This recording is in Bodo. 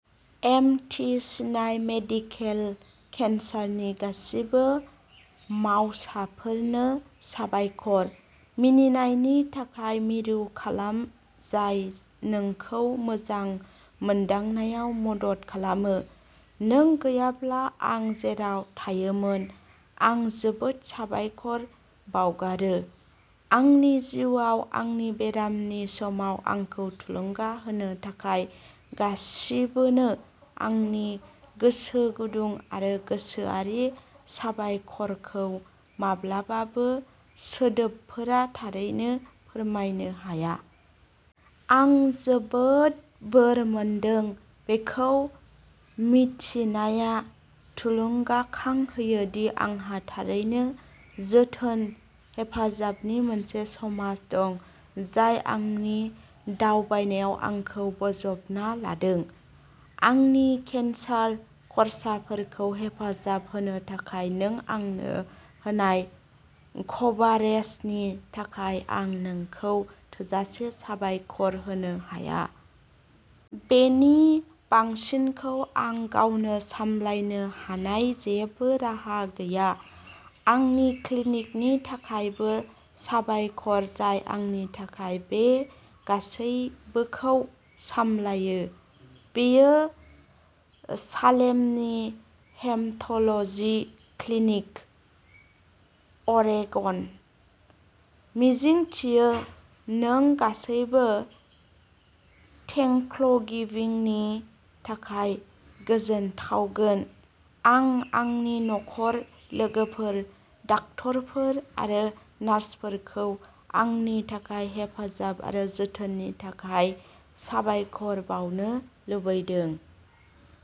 एम. टि. सिनाइ मेडिकेल केन्सारनि गासिबो मावसाफोरनो साबायखर। मिनिनायनि थाखाय मिरु खालाम जाय नोंखौ मोजां मोनदांनायाव मदद खालामो। नों गैयाब्ला आं जेराव थायोमोन। आं जोबोद साबायखर बावगारो। आंनि जिउआव आंनि बेरामनि समाव आंखौ थुलुंगा होनो थाखाय गासिबोनो आंनि गोसोगुदुं आरो गोसोआरि साबायखरखौ माब्लाबाबो सोदोबफोरा थारैनो फोरमायनो हाया। आं जोबोद बोर मोनदों! बेखौ मिथिनाया थुलुंगाखां होयो दि आंहा थारैनो जोथोन/हेफाजाबनि मोनसे समाज दं जाय आंनि दावबायनायाव आंखौ बोजबना लादों। आंनि केन्सार खर्साफोरखौ हेफाजाब होनो थाखाय नों आंनो होनाय कभारेजनि थाखाय आं नोंखौ थोजासे साबायखर होनो हाया। बेनि बांसिनखौ आं गावनो सामलायनो हानाय जेबो राहा गैया। आंनि क्लिनिकनि थाखायबो साबायखर जाय आंनि थाखाय बे गासैबोखौ सामलायो। बेयो सालेमनि हेम'ट'ल'जि क्लिनिक। अरेगन। मिजिंथियो नों गासैबो थेंक्सगिविंनि थाखाय गोजोनथावमोन। आं आंनि नखर, लोगोफोर, डक्टरफोर आरो नार्सफोरखौ आंनि थाखाय हेफाजाब आरो जोथोननि थाखाय साबायखर बावनो लुबैदों।